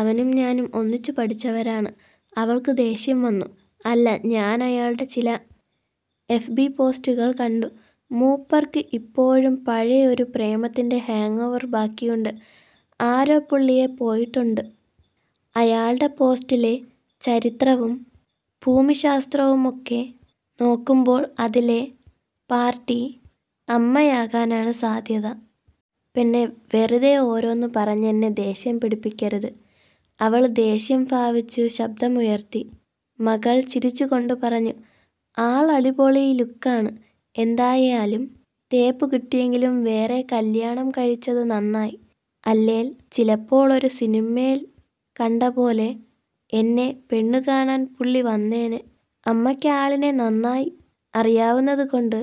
അവനും ഞാനും ഒന്നിച്ചു പഠിച്ചവരാണ്'' അവള്ക്കു ദേഷ്യം വന്നു. ''അല്ല, ഞാന് അയാളുടെ ചില എഫ് ബി പോസ്റ്റുകള് കണ്ടു. മൂപ്പര്ക്ക് ഇപ്പോഴും പഴയയൊരു പ്രേമത്തിന്റെ ഹാങ്ങോവര് ബാക്കിയുണ്ട്. ആരോ പുള്ളിയെ പോയിട്ടുണ്ട്. അയാളുടെ പോസ്റ്റിലെ ചരിത്രവും ഭൂമിശാസ്ത്രവുമൊക്കെ നോക്കുമ്പോള് അതിലെ പാര്ട്ടി അമ്മയാകാനാണ് സാധ്യത. '''' പെണ്ണെ വെറുതെ ഓരോന്നു പറഞ്ഞെന്നെ ദേഷ്യം പിടിപ്പിക്കരുത്'' അവള് ദേഷ്യം ഭാവിച്ചു ശബ്ദമുയര്ത്തി. മകള് ചിരിച്ചുകൊണ്ട് പറഞ്ഞു ''ആളു അടിപൊളി ലുക്കാണ്. എന്തായാലും തേപ്പുകിട്ടിയെങ്കിലും വേറെ കല്യാണംകഴിച്ചതു നന്നായി. അല്ലേല് ചിലപ്പോള് ഒരു സിനിമേല് കണ്ടപോലെ എന്നെ പെണ്ണുകാണാന് പുള്ളി വന്നേനെ. അമ്മയ്ക്ക് ആളിനെ നന്നായി അറിയാവുന്നതുകൊണ്ട്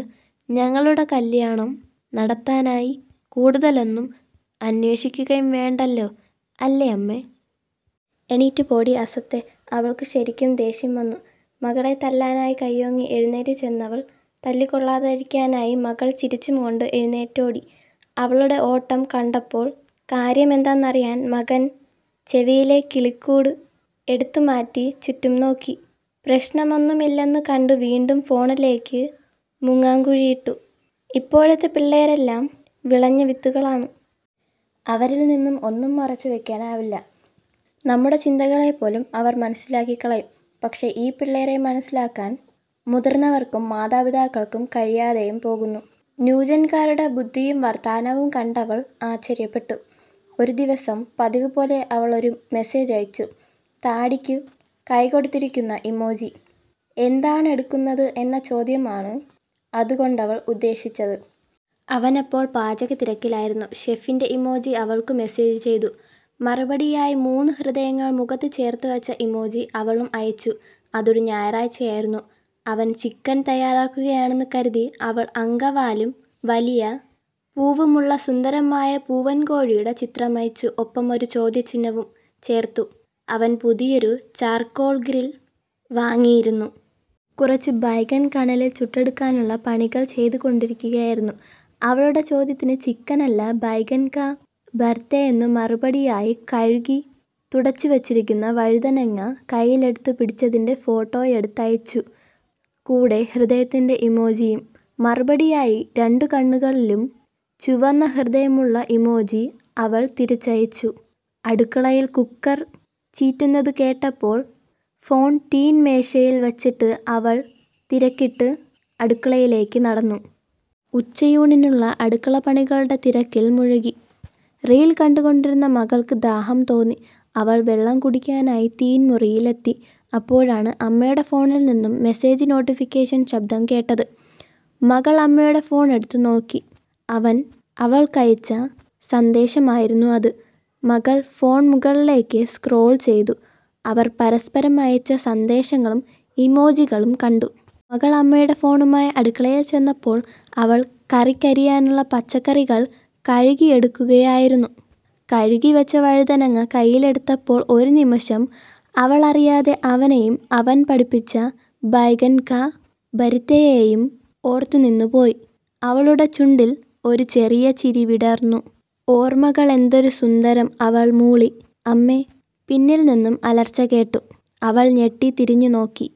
ഞങ്ങടെ കല്യാണം നടത്താനായി കൂടുതലൊന്നും അന്വേഷിക്കുകയും വേണ്ടല്ലോ, അല്ലേമ്മേ? ' 'എണീറ്റ് പോടീ അസത്തെ'' അവള്ക്കു ശരിക്കും ദേഷ്യം വന്നു. മകളെ തല്ലാനായി കയ്യോങ്ങി എഴുന്നേറ്റുചെന്നവള്. തല്ലുകൊള്ളാതിരിക്കാനായി മകള് ചിരിച്ചും കൊണ്ട് എഴുന്നേറ്റോടി. അവളുടെ ഓട്ടം കണ്ടപ്പോള് കാര്യമെന്തന്നറിയാന് മകന് ചെവിയിലെ കിളിക്കൂട് എടുത്തുമാറ്റി ചുറ്റുംനോക്കി. പ്രശ്നമൊന്നുമില്ലെന്നു കണ്ടു വീണ്ടും ഫോണിലേക്ക് മുങ്ങാംകുഴിയിട്ടു. 'ഇപ്പോഴത്തെ പിള്ളേരെല്ലാം വിളഞ്ഞവിത്തുകളാണ്. അവരില്നിന്നും ഒന്നും മറച്ചുവയ്ക്കാനാവില്ല. നമ്മുടെ ചിന്തകളെപ്പോലും അവര് മനസ്സിലാക്കികളയും. പക്ഷെ ഈ പിള്ളേരെ മനസ്സിലാക്കാന് മുതിര്ന്നവര്ക്കും മാതാപിതാക്കള്ക്കും കഴിയാതെയും പോകുന്നു. ' ന്യൂജന്കാരുടെ ബുദ്ധിയും വര്ത്താനവും കണ്ടവള് ആശ്ചര്യപ്പെട്ടു. ഒരുദിവസം പതിവുപോലെ അവള് ഒരു മെസ്സേജയച്ചു. താടിക്കു കൈകൊടുത്തിരിക്കുന്ന ഇമോജി. എന്താണെടുക്കുന്നത് എന്ന ചോദ്യമാണ് അതുകൊണ്ടവള് ഉദ്ദേശിക്കുന്നത്. അവനപ്പോള് പാചകത്തിരക്കിലായിരുന്നു. ഷെഫിന്റെ ഇമോജി അവള്ക്കു മെസ്സേജു ചെയ്തു. മറുപടിയായി മൂന്നു ഹൃദയങ്ങള് മുഖത്തു ചേര്ത്തുവച്ച ഇമോജി അവളും അയച്ചു അതൊരു ഞാറാഴ്ചയായിരുന്നു. അവന് ചിക്കന് തയ്യാറാക്കുകയാണെന്ന് കരുതി അവള് അങ്കവാലും വലിയ പൂവുമുള്ള സുന്ദരനായ പൂവന്കോഴിയുടെ ചിത്രമയച്ചു. ഒപ്പം ഒരു ചോദ്യചിഹ്നവും ചേര്ത്തു. അവന് പുതിയൊരു 'ചാര്കോള് ഗ്രില്' വാങ്ങിയിരുന്നു. കുറച്ചു ബൈഗന് കനലില് ചുട്ടെടുക്കാനുള്ള പണികള് ചെയ്തുകൊണ്ടിരിക്കുകയായിരുന്നു. അവളുടെ ചോദ്യത്തിനു ചിക്കനല്ല 'ബൈഗന് കാ ബര്ത്തയെ'ന്നു മറുപടിയായി കഴുകി തുടച്ചുവച്ചിരിക്കുന്ന വഴുതനങ്ങ കയ്യിലെടുത്തു പിടിച്ചതിന്റെ ഫോട്ടോയെടുത്തുയച്ചു. കൂടെ ഹൃദയത്തിന്റെ ഇമോജിയും. മറുപടിയായി രണ്ടു കണ്ണുകളിലും ചുവന്ന ഹൃദയമുള്ള ഇമോജി അവള് തിരിച്ചയച്ചു. അടുക്കളയില് കുക്കര് ചീറ്റുന്നത് കേട്ടപ്പോള് ഫോണ് തീന്മേശയില് വച്ചിട്ട് അവള് തിരക്കിട്ട് അടുക്കളയിലേക്ക് നടന്നു. ഉച്ചയൂണിനുള്ള അടുക്കളപ്പണികളുടെ തിരക്കില് മുഴുകി. റീല് കണ്ടുകൊണ്ടിരുന്ന മകള്ക്ക് ദാഹം തോന്നി. അവള് വെള്ളം കുടിക്കാനായി തീന്മുറിയിലെത്തി. അപ്പോഴാണ് അമ്മയുടെ ഫോണില്നിന്നും മെസ്സേജു നോട്ടിഫിക്കേഷന് ശബ്ദം കേട്ടത്. മകള് അമ്മയുടെ ഫോണെടുത്ത് നോക്കി. അവന് അവള്ക്കയച്ച സന്ദേശമായിരുന്നത്. മകള് ഫോണ് മുകളിലേക്ക് സ്ക്രോള് ചെയ്തു. അവര് പരസ്പരം അയച്ച സന്ദേശങ്ങളും ഇമോജികളും കണ്ടു. മകള് അമ്മയുടെ ഫോണുമായി അടുക്കളയില്ചെന്നപ്പോള് അവള് കറിക്കരിയാനുള്ള പച്ചക്കറികള് കഴുകിയെടുക്കുകയായിരുന്നു. കഴുകിവെച്ച വഴുതനങ്ങ കയ്യിലെടുത്തപ്പോള് ഒരുനിമിഷം, അവളറിയാതെ അവനെയും അവന് പഠിപ്പിച്ച ബൈഗന് കാ ബര്ത്തയെയും ഓര്ത്തുനിന്നു പോയി. അവളുടെ ചുണ്ടില് ഒരു ചെറിയ ചിരി വിടര്ന്നു. 'ഓര്മ്മകള്ക്കെന്തു സുഗന്ധം' അവള് മൂളി. ''അമ്മേ'' പിന്നില്നിന്നും അലര്ച്ചകേട്ടു അവള് ഞെട്ടി തിരിഞ്ഞു നോക്കി.